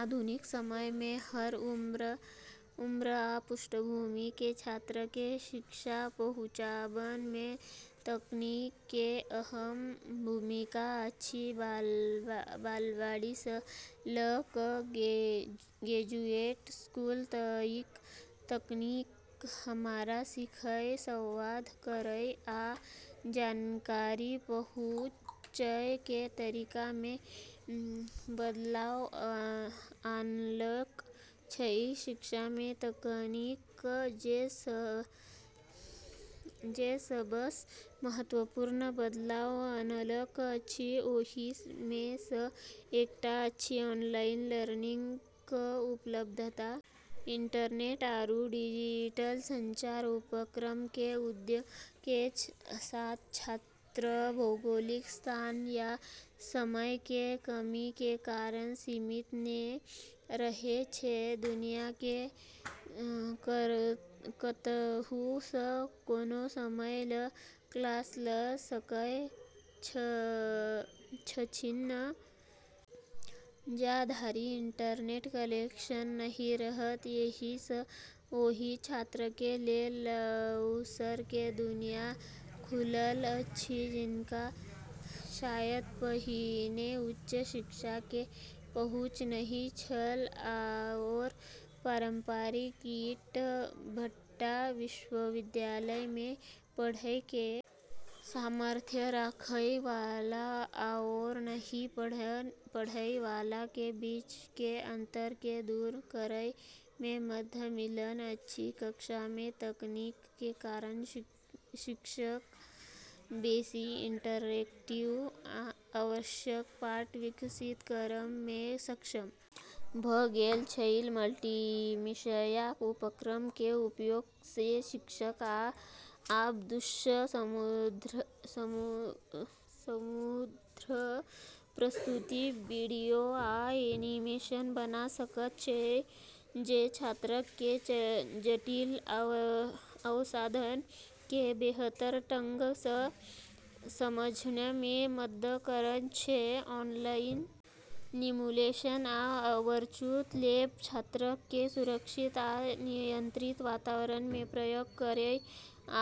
आधुनिक समय मे हर उम्र आ पृष्ठभूमि के छात्र के शिक्षा पहुंचाबय मे तकनीक के अहम भूमिका अछि, बालवाड़ी सं ल क ग्रेजुएट स्कूल तइक, तकनीक हमरा सीखय, संवाद करय आ जानकारी पहुंचय कें तरीका मे बदलाव आनलक छै, शिक्षा मे तकनीक जे सबस महत्वपूर्ण बदलाव अनलक अछि ओहि मे स एकटा अछि ऑनलाइन लर्निंग क उपलब्धता। इंटरनेट आरू डिजिटल संचार उपकरण के उदय के साथ छात्र भौगोलिक स्थान या समय के कमी के कारण सीमित नै रहे छै। दुनिया के कतहु सं कोनो समय सं क्लास ल सकय छथिन्ह जा धरि इंटरनेट कनेक्शन नहिं रहत एहि सं ओहि छात्र के लेल अवसर के दुनिया खुलल अछि जिनका शायद पहिने उच्च शिक्षा के पहुंच नहिं छल आओर पारंपरिक ईंट-भट्ठा विश्वविद्यालय में पढ़य के सामर्थ्य राखय वाला आओर नहिं पढ़य वाला के बीच के अंतर के दूर करय में मदद मिलल अछि, कक्षा मे तकनीक कें कारण शिक्षक बेसि इंटरैक्टिव आ आकर्षक पाठ विकसित करय मे सक्षम भ गेल छै, मल्टीमीडिया उपकरणक कें उपयोग सं शिक्षक आब दृश्य-समृद्ध प्रस्तुति, वीडियो आ एनीमेशन बना सकय छै जे छात्रक कें जटिल अवधारणा कें बेहतर ढंग सं समझय मे मदद करय छै, ऑनलाइन सिमुलेशन आ वर्चुअल लैब छात्रक कें सुरक्षित आ नियंत्रित वातावरण मे प्रयोग करय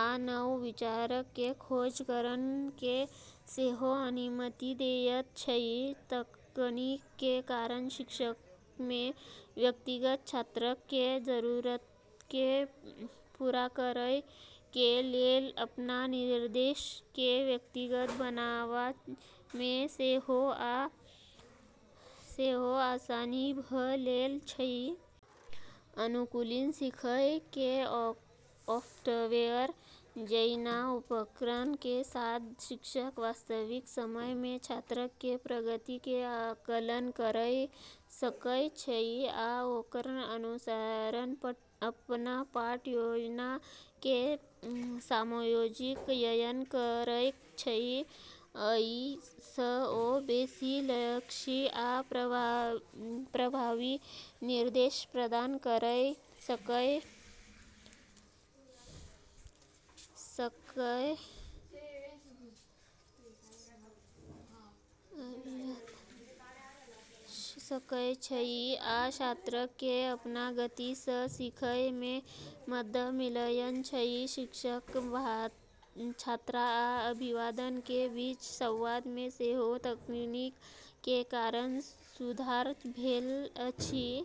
आ नव विचारक कें खोज करय कें सेहो अनुमति देयत छै, तकनीक कें कारण शिक्षकक कें व्यक्तिगत छात्रक कें जरूरतक कें पूरा करय कें लेल अपन निर्देश कें व्यक्तिगत बनावा मे सेहो आसानी भ गेल छै. अनुकूली सीखय कें सॉफ्टवेयर जैना उपकरणक कें साथ शिक्षक वास्तविक समय मे छात्रक कें प्रगति कें आकलन कयर सकय छै आ ओकर अनुसार अपन पाठ योजना कें समायोजित कयर सकय छै. अइ सं ओ बेसि लक्षित आ प्रभावी निर्देश प्रदान कयर सकय छै आ छात्रक कें अपन गति सं सीखय मे मदद मिलयत छै, शिक्षक, छात्र आ अभिभावक के बीच संवाद में सेहो तकनीक के कारण सुधार भेल अछि।